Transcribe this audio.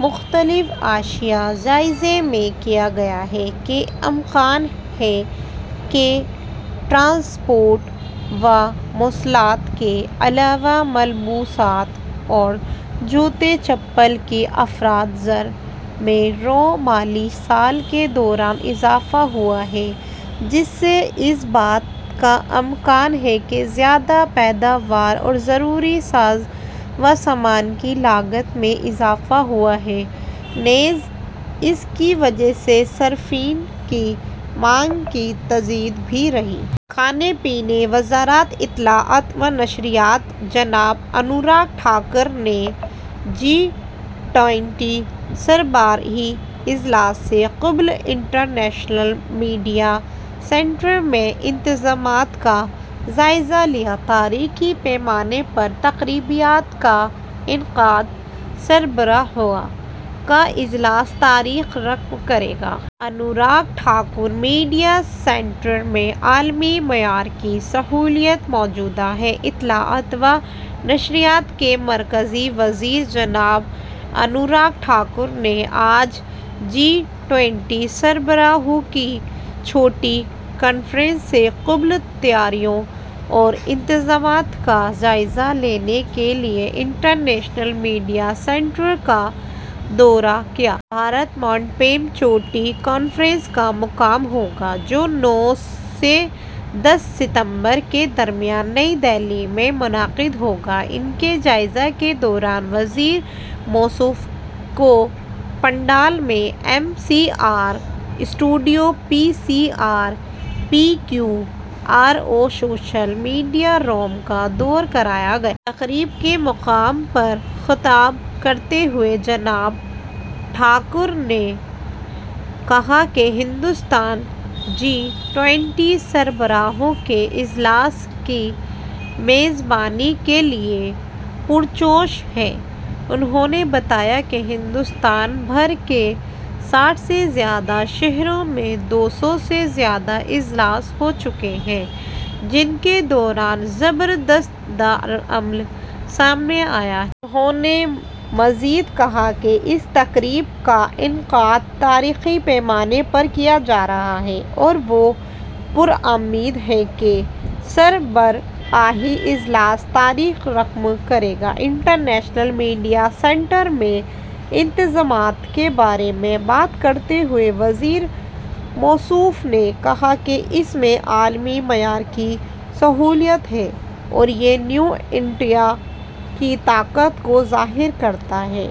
مختلف اشیا: جائزے میں کہا گیا ہے کہ امکان ہے کہ ٹرانسپورٹ و مواصلات کے علاوہ ملبوسات اور جوتے چپل کی افراط زر میں رواں مالی سال کے دوران اضافہ ہوا ہے، جس سے اس بات کا امکان ہے کہ زیادہ پیداوار اور ضروری ساز و سامان کی لاگت میں اضافہ ہوا ہے، نیز اس کی وجہ صارفین کی مانگ کی تجدید بھی رہی۔ کھانے پینے۔ وزارت اطلاعات و نشریات۔ جناب انوراگ ٹھاکر نے جی ٹوئنٹی سربراہی اجلاس سے قبل انٹرنیشنل میڈیا سینٹر میں انتظامات کا جائزہ لیا۔ تاریخی پیمانے پر تقریبات کا انعقاد، سربراہوں کا اجلاس تاریخ رقم کرے گا۔ انوراگ ٹھاکر۔ میڈیا سینٹر میں عالمی معیار کی سہولیات موجود ہیں۔ اطلاعات و نشریات کے مرکزی وزیر جناب انوراگ ٹھاکر نے آج جی ٹوئنٹی سربراہوں کی چوٹی کانفرنس سے قبل تیاریوں اور انتظامات کا جائزہ لینے کے لیے انٹرنیشنل میڈیا سینٹر کا دورہ کیا۔ بھارت منڈپم چوٹی کانفرنس کا مقام ہوگا، جو نو سے دس ستمبر کے درمیان نئی دہلی میں منعقد ہوگا۔ ان کے جائزے کے دوران وزیر موصوف کو پنڈال میں M C R, studio, P C R, P Q R اور سوشل میڈیا روم کا دورہ کرایا گیا۔ تقریب کے مقام پر خطاب کرتے ہوئے جناب ٹھاکر نے کہا کہ ہندوستان جی ٹوئنٹی سربراہوں کے اجلاس کی میزبانی کے لیے پُرجوش ہے۔ انہوں نے بتایا کہ ہندوستان بھر کے ساٹھ سے زیادہ شہروں میں دو سو سے زیادہ اجلاس ہو چکے ہیں، جن کے دوران زبردست ردعمل سامنے آیا ہے۔ انہوں نے مزید کہا کہ اس تقریب کا انعقاد تاریخی پیمانے پر کیا جا رہا ہے اور وہ پُرامید ہیں کہ سربراہی اجلاس تاریخ رقم کرے گا۔ انٹرنیشنل میڈیا سینٹر میں انتظامات کے بارے میں بات کرتے ہوئے وزیر موصوف نے کہا کہ اس میں عالمی معیار کی سہولیات ہیں اور یہ نیو انڈیا کی طاقت کو ظاہر کرتا ہے۔